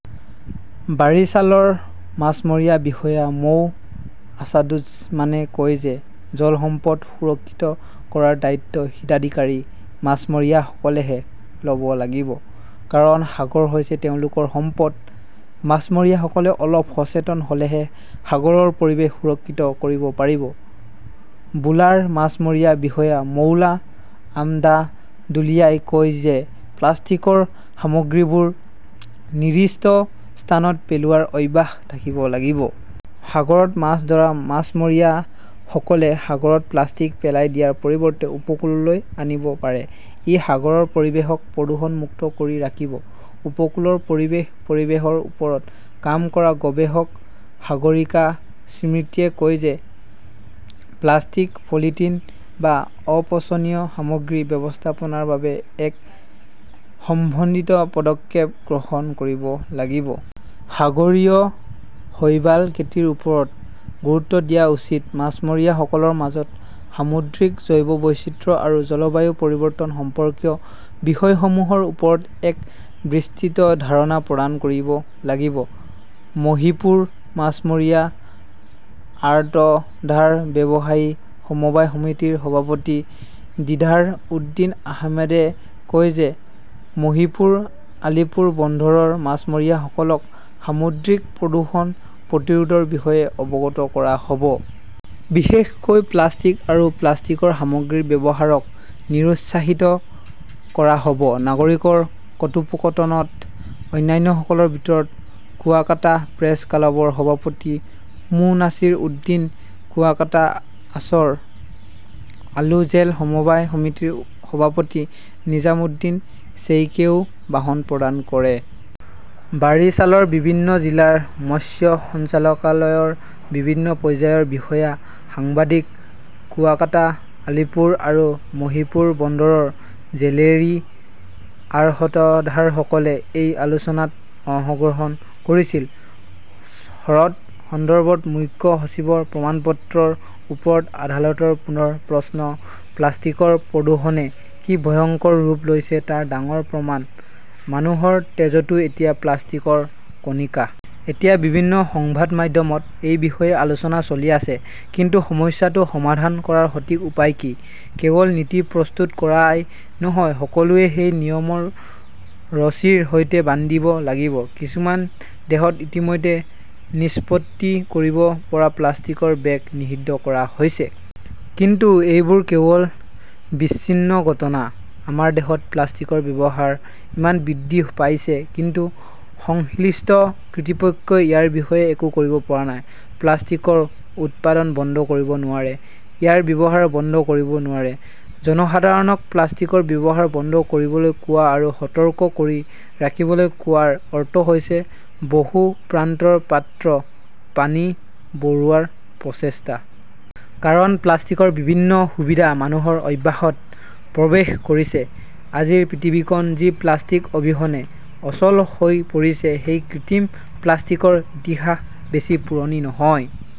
বাৰিছালৰ মাছমৰীয়া বিষয়া মো. আছাদুজ্জমানে কয় যে, "জল সম্পদ সুৰক্ষিত কৰাৰ দায়িত্ব হিতাধিকাৰী মাছমৰীয়াসকলেহে ল'ব লাগিব। কাৰণ, সাগৰ হৈছে তেওঁলোকৰ সম্পদ। মাছমৰীয়াসকলে অলপ সচেতন হ'লেহে সাগৰৰ পৰিৱেশ সুৰক্ষিত কৰিব পাৰি।" ভোলাৰ মাছমৰীয়া বিষয়া মোল্লা এমদাদুলিয়াই কয় যে, "প্লাষ্টিকৰ সামগ্ৰীবোৰ নিৰ্দিষ্ট স্থানত পেলোৱাৰ অভ্যাস থাকিব লাগিব। সাগৰত মাছ ধৰা মাছমৰীয়াসকলে সাগৰত প্লাষ্টিক পেলাই দিয়াৰ পৰিৱৰ্তে উপকূললৈ আনিব পাৰে। ই সাগৰৰ পৰিৱেশক প্ৰদূষণ মুক্ত কৰি ৰাখিব।" উপকূলৰ পৰিৱেশ-পৰিৱেশৰ ওপৰত কাম কৰা গৱেষক সাগৰিকা স্মৃতিয়ে কয় যে, "প্লাষ্টিক-পলিথিন বা অপচনীয় সামগ্ৰী ব্যৱস্থাপনাৰ বাবে এক সমন্বিত পদক্ষেপ গ্ৰহণ কৰিব লাগিব। সাগৰীয় শৈবাল খেতিৰ ওপৰত গুৰুত্ব দিয়া উচিত। মাছমৰীয়াসকলৰ মাজত সামুদ্ৰিক জৈৱ বৈচিত্ৰ্য আৰু জলবায়ু পৰিৱৰ্তন সম্পৰ্কীয় বিষয়সমূহৰ ওপৰত এক বিস্তৃত ধাৰণা প্ৰদান কৰিব লাগিব।" মহীপুৰ মাছমৰীয়া আৰতদাৰ ব্যৱসায়ী সমবায় সমিতিৰ সভাপতি দীদাৰ উদ্দীন আহমেদে কয় যে, "মহীপুৰ-আলীপুৰ বন্দৰৰ মাছমৰীয়াসকলক সামুদ্ৰিক প্ৰদূষণ প্ৰতিৰোধৰ বিষয়ে অৱগত কৰা হ'ব। বিশেষকৈ প্লাষ্টিক আৰু প্লাষ্টিকৰ সামগ্ৰীৰ ব্যৱহাৰক নিৰুৎসাহিত কৰা হ'ব।" নাগৰিকৰ কথোপকথনত অন্যান্যসকলৰ ভিতৰত কুৱাকাটা প্ৰেছ ক্লাবৰ সভাপতি মো. নাছিৰ উদ্দীন, কুৱাকাটা আশৰ আলো জেল সমবায় সমিতিৰ সভাপতি নিজাম উদ্দীন শ্বেইখেও ভাষণ প্ৰদান কৰে। বাৰিছালৰ বিভিন্ন জিলাৰ মৎস্য সঞ্চালকালয়ৰ বিভিন্ন পৰ্যায়ৰ বিষয়া, সাংবাদিক, কুৱাকাটা, আলীপুৰ আৰু মহীপুৰ বন্দৰৰ জেলেৰী, আৰহতদাৰসকলে এই আলোচনাত অংশগ্ৰহণ কৰিছিল। হ্ৰদ সন্দৰ্ভত মুখ্য সচিবৰ প্ৰমাণপত্ৰৰ ওপৰত আদালতৰ পুনৰ প্ৰশ্ন প্লাষ্টিকৰ প্ৰদূষণে কি ভয়ংকৰ ৰূপ লৈছে তাৰ ডাঙৰ প্ৰমাণ, মানুহৰ তেজতো এতিয়া প্লাষ্টিকৰ কণিকা। এতিয়া বিভিন্ন সংবাদ মাধ্যমত এই বিষয়ে আলোচনা চলি আছে। কিন্তু সমস্যাটো সমাধান কৰাৰ সঠিক উপায় কি? কেৱল নীতি প্ৰস্তুত কৰাই নহয়, সকলোৱে সেই নিয়মৰ ৰছীৰ সৈতে বান্ধিব লাগিব। কিছুমান দেশত ইতিমধ্যে নিষ্পত্তি কৰিব পৰা প্লাষ্টিকৰ বেগ নিষিদ্ধ কৰা হৈছে। কিন্তু এইবোৰ কেৱল বিচ্ছিন্ন ঘটনা। আমাৰ দেশত প্লাষ্টিকৰ ব্যৱহাৰ ইমান বৃদ্ধি পাইছে, কিন্তু সংশ্লিষ্ট কৰ্তৃপক্ষই ইয়াৰ বিষয়ে একো কৰিব পৰা নাই। প্লাষ্টিকৰ উৎপাদন বন্ধ কৰিব নোৱাৰে, ইয়াৰ ব্যৱহাৰ বন্ধ কৰিব নোৱাৰে। জনসাধাৰণক প্লাষ্টিকৰ ব্যৱহাৰ বন্ধ কৰিবলৈ কোৱা আৰু সতৰ্ক কৰি ৰাখিবলৈ কোৱাৰ অৰ্থ হৈছে বহু-প্ৰান্তৰ পাত্ৰত পানী ভৰোৱাৰ প্ৰচেষ্টা। কাৰণ, প্লাষ্টিকৰ বিভিন্ন সুবিধা মানুহৰ অভ্যাসত প্ৰৱেশ কৰিছে। আজিৰ পৃথিৱীখন যি প্লাষ্টিক অবিহনে অচল হৈ পৰিছে, সেই কৃত্ৰিম প্লাষ্টিকৰ ইতিহাস বেছি পুৰণি নহয়।